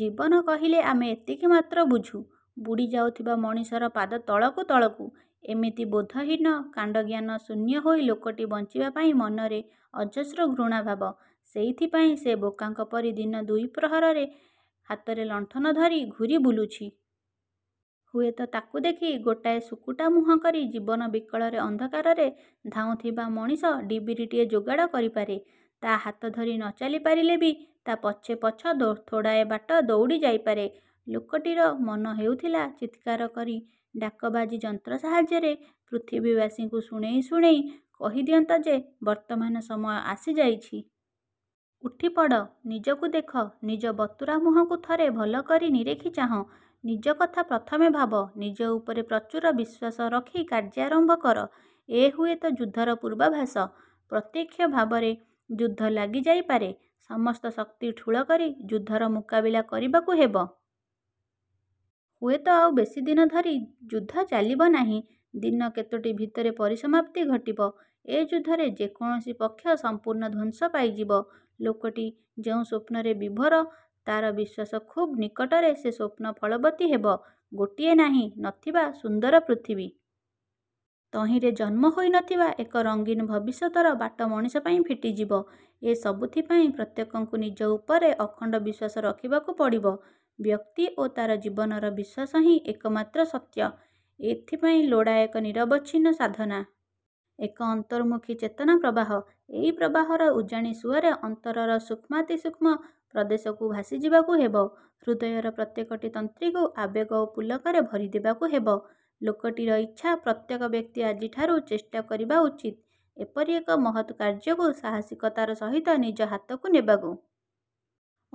ଜୀବନ କହିଲେ ଆମେ ଏତିକି ମାତ୍ର ବୁଝୁ। ବୁଡ଼ି ଯାଉଥିବା ମଣିଷର ପାଦ ତଳକୁ ତଳକୁ। ଏମିତି ବୋଧହୀନ, କାଣ୍ଡଜ୍ଞାନ ଶୂନ୍ୟ ହୋଇ ଲୋକଟି ବଞ୍ଚିବା ପାଇଁ ମନରେ ଅଜସ୍ର ଘୃଣାଭାବ। ସେଇଥିପାଇଁ ସେ ବୋକାଙ୍କ ପରି ଦିନ ଦ୍ୱିପ୍ରହରେ ହାତରେ ଲଣ୍ଠନ ଧରି ଘୂରି ବୁଲୁଛି-। ହୁଏତ ତାକୁ ଦେଖି ଗୋଟାଏ ଶୁକୁଟା ମୁହଁ କରି ଜୀବନ ବିକଳରେ ଅନ୍ଧକାରରେ ଧାଉଁଥିବା ମଣିଷ ଡିବିରିଟିଏ ଯୋଗାଡ଼ କରିପାରେ। ତା' ହାତଧରି ନ ଚାଲି ପାରିଲେବି ତା' ପଛେପଛ ଥୋଡ଼ାଏ ବାଟ ଦଉଡ଼ି ଯାଇପାରେ। ଲୋକଟିର ମନ ହେଉଥିଲା ଚିତ୍କାର କରି ଡାକବାଜି ଯନ୍ତ୍ର ସାହାଯ୍ୟରେ ପୃଥିବୀବାସୀଙ୍କୁ ଶୁଣେଇ ଶୁଣେଇ କହି ଦିଅନ୍ତା ଯେ ''ବର୍ତ୍ତମାନ ସମୟ ଆସିଯାଇଛି-। ଉଠିପଡ଼! ନିଜକୁ ଦେଖ। ନିଜ ବତୁରା ମୁହଁକୁ ଥରେ ଭଲ କରି ନିରେଖି ଚାହଁ। ନିଜ କଥା ପ୍ରଥମେ ଭାବ। ନିଜ ଉପରେ ପ୍ରଚୁର ବିଶ୍ୱାସ ରଖି କାର୍ଯ୍ୟାରମ୍ଭ କର। ଏ ହୁଏତ ଯୁଦ୍ଧର ପୂର୍ବାଭାସ-! ପ୍ରତ୍ୟକ୍ଷ ଭାବରେ ଯୁଦ୍ଧ ଲାଗି ଯାଇପାରେ। ସମସ୍ତ ଶକ୍ତି ଠୁଳ କରି ଯୁଦ୍ଧର ମୁକାବିଲା କରିବାକୁ ହେବ।। ହୁଏତ ଆଉ ବେଶୀଦିନ ଧରି ଯୁଦ୍ଧ ଚାଲିବ ନାହିଁ। ଦିନ କେତୋଟି ଭିତରେ ପରିସମାପ୍ତି ଘଟିବ। ଏଯୁଦ୍ଧରେ ଯେକୌଣସି ପକ୍ଷ ସମ୍ପୂର୍ଣ୍ଣ ଧ୍ୱଂସ ପାଇଯିବ। '' ଲୋକଟି ଯେଉଁ ସ୍ୱପ୍ନରେ ବିଭୋର, ତା'ର ବିଶ୍ୱାସ ଖୁବ୍ ନିକଟରେ ସେ ସ୍ୱପ୍ନ ଫଳବତୀ ହେବ। ଗୋଟିଏ ନାହିଁ ନଥିବା ସୁନ୍ଦର ପୃଥିବୀ। ତହିଁରେ ଜନ୍ମ ହୋଇନଥିବା ଏକ ରଙ୍ଗୀନ ଭବିଷ୍ୟତର ବାଟ ମଣିଷ ପାଇଁ ଫିଟିଯିବ। ଏ ସବୁଥି ପାଇଁ ପ୍ରତ୍ୟେକଙ୍କୁ ନିଜ ଉପରେ ଅଖଣ୍ଡ ବିଶ୍ୱାସ ରଖିବାକୁ ପଡ଼ିବ। ବ୍ୟକ୍ତି ଓ ତା'ର ଜୀବନର ବିଶ୍ୱାସ ହିଁ ଏକମାତ୍ର ସତ୍ୟ। ଏଥିପାଇଁ ଲୋଡ଼ା ଏକ ନିରବଚ୍ଛିନ୍ନ ସାଧନା। ଏକ ଅନ୍ତର୍ମୁଖୀ ଚେତନା ପ୍ରବାହ। ଏଇ ପ୍ରବାହର ଉଜାଣି ସୁଅରେ ଅନ୍ତରର ସୂକ୍ଷ୍ମାତିସୂକ୍ଷ୍ମ ପ୍ରଦେଶକୁ ଭାସି ଯିବାକୁ ହେବ। ହୃଦୟର ପ୍ରତ୍ୟେକଟି ତନ୍ତ୍ରୀକୁ ଆବେଗ ଓ ପୁଲକରେ ଭରି ଦେବାକୁ ହେବ। ଲୋକଟିର ଇଚ୍ଛା ପ୍ରତ୍ୟେକ ବ୍ୟକ୍ତି ଆଜିଠାରୁ ଚେଷ୍ଟା କରିବା ଉଚିତ, ଏପରି ଏକ ମହତ୍ କାର୍ଯ୍ୟକୁ ସାହସୀକତାର ସହିତ ନିଜ ହାତକୁ ନେବାକୁ।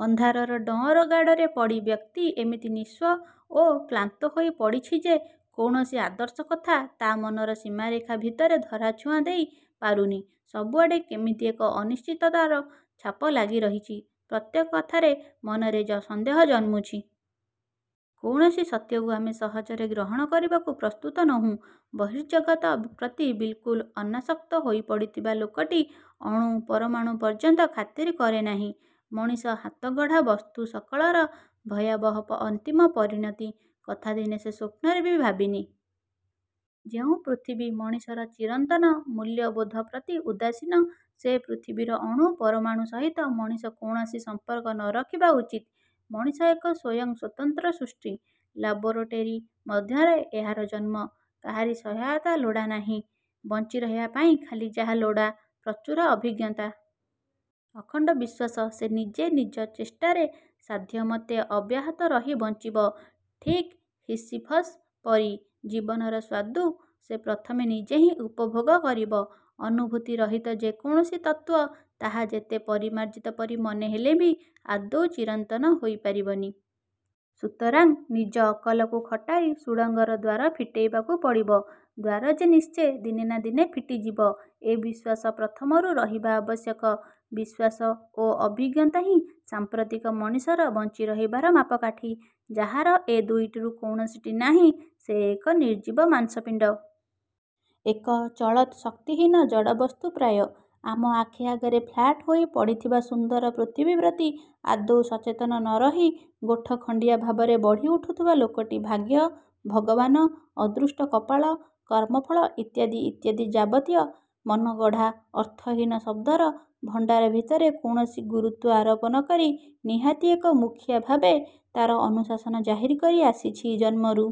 ଅନ୍ଧାରର ଡଅଁର ଗାଡ଼ରେ ପଡ଼ି ବ୍ୟକ୍ତି ଏମିତି ନିଃସ୍ୱ ଓ କ୍ଳାନ୍ତ ହୋଇ ପଡ଼ିଛି ଯେ କୌଣସି ଆଦର୍ଶ କଥା ତା' ମନର ସୀମାରେଖା ଭିତରେ ଧରାଛୁଆଁ ଦେଇ ପାରୁନି। ସବୁଆଡ଼େ କେମିତି ଏକ ଅନିଶ୍ଚିତତାର ଛାପ ଲାଗି ରହିଛି। ପ୍ରତି କଥାରେ ମନରେ ସନ୍ଦେହ ଜନ୍ମୁଛି। କୌଣସି ସତ୍ୟକୁ ଆମେ ସହଜରେ ଗ୍ରହଣ କରିବାକୁ ପ୍ରସ୍ତୁତ ନୋହୁଁ। ବର୍ହିଃଜଗତ ପ୍ରତି ବିଲ୍କୁଲ୍ ଅନାସକ୍ତ ହୋଇ ପଡ଼ୁଥିବା ଲୋକଟି ଅଣୁପରମାଣୁ ପର୍ଯ୍ୟନ୍ତ ଖାତିର କରେ ନାହିଁ। ମଣିଷ ହାତଗଢ଼ା ବସ୍ତୁ ସକଳର ଭୟାବହ ଅନ୍ତିମ ପରିଣତି କଥା ଦିନେ ସେ ସ୍ୱପ୍ନରେ ବି ଭାବିନି। ଯେଉଁ ପୃଥିବୀ ମଣିଷର ଚିରନ୍ତନ ମୂଲ୍ୟବୋଧ ପ୍ରତି ଉଦାସୀନ, ସେ ପୃଥିବୀର ଅଣୁ ପରମାଣୁ ସହିତ ମଣିଷ କୌଣସି ସମ୍ପର୍କ ନରଖିବା ଉଚିତ। ମଣିଷ ଏକ ସ୍ୱୟଂ ସ୍ୱତନ୍ତ୍ର ସୃଷ୍ଟି। ଲାବୋରେଟାରୀ ମଧ୍ୟରେ ଏହାର ଜନ୍ମ। କାହାରି ସହାୟତା ଲୋଡ଼ାନାହିଁ। ବଞ୍ଚି ରହିବା ପାଇଁ ଖାଲି ଯାହା ଲୋଡ଼ା ପ୍ରଚୁର ଅଭିଜ୍ଞତା। ଅଖଣ୍ଡ ବିଶ୍ୱାସ। ସେ ନିଜେ ନିଜ ଚେଷ୍ଟାରେ ସାଧ୍ୟମତେ ଅବ୍ୟାହତ ରହି ବଞ୍ଚିବ, ଠିକ୍ ହିସିଫସ୍ ପରି। ଜୀବନର ସ୍ୱାଦୁ ସେ ପ୍ରଥମେ ନିଜେହିଁ ଉପଭୋଗ କରିବ। ଅନୁଭୂତି ରହିତ ଯେକୌଣସି ତତ୍ତ୍ୱ, ତାହା ଯେତେ ପରିମାର୍ଜିତ ପରି ମନେହେଲେ ବି ଆଦୌ ଚିରନ୍ତନ ହୋଇ ପାରିବନି। ସୁତରାଂ ନିଜ ଅକଲକୁ ଖଟାଇ ସୁଡ଼ଙ୍ଗର ଦ୍ୱାର ଫିଟେଇବାକୁ ପଡ଼ିବ। ଦ୍ୱାର ଯେ ନିଶ୍ଚେ ଦିନେ ନା ଦିନେ ଫିଟିଯିବ, ଏ ବିଶ୍ୱାସ ପ୍ରଥମରୁ ରହିବା ଆବଶ୍ୟକ। ବିଶ୍ୱାସ ଓ ଅଭିଜ୍ଞତା ହିଁ ସାଂପ୍ରତିକ ମଣିଷର ବଞ୍ଚି ରହିବାର ମାପକାଠି। ଯାହାର ଏ ଦୁଇଟିରୁ କୌଣସିଟି ନାହିଁ, ସେ ଏକ ନିର୍ଜୀବ ମାଂସପିଣ୍ଡ। ଏକ ଚଳତ୍ ଶକ୍ତିହୀନ ଜଡ଼ବସ୍ତୁ ପ୍ରାୟ। ଆମ ଆଖି ଆଗରେ ଫ୍ଲାଟ ହୋଇ ପଡ଼ିଥିବା ସୁନ୍ଦର ପୃଥିବୀ ପ୍ରତି ଆଦୌ ସଚେତନ ନରହି ଗୋଠଖଣ୍ଡିଆ ଭାବରେ ବଢ଼ି ଉଠୁଥିବା ଲୋକଟି ଭାଗ୍ୟ, ଭଗବାନ, ଅଦୃଷ୍ଟ କପାଳ, କର୍ମଫଳ ଇତ୍ୟାଦି ଇତ୍ୟାଦି ଯାବତୀୟ ମନଗଢ଼ା ଅର୍ଥହୀନ ଶବ୍ଦର ଭଣ୍ଡାର ଭିତରେ କୌଣସି ଗୁରୁତ୍ୱ ଆରୋପ ନକରି ନିହାତି ଏକ ମୁଖିଆ ଭାବେ ତା'ର ଅନୁଶାସନ ଜାହିର୍ କରି ଆସିଛି ଜନ୍ମରୁ।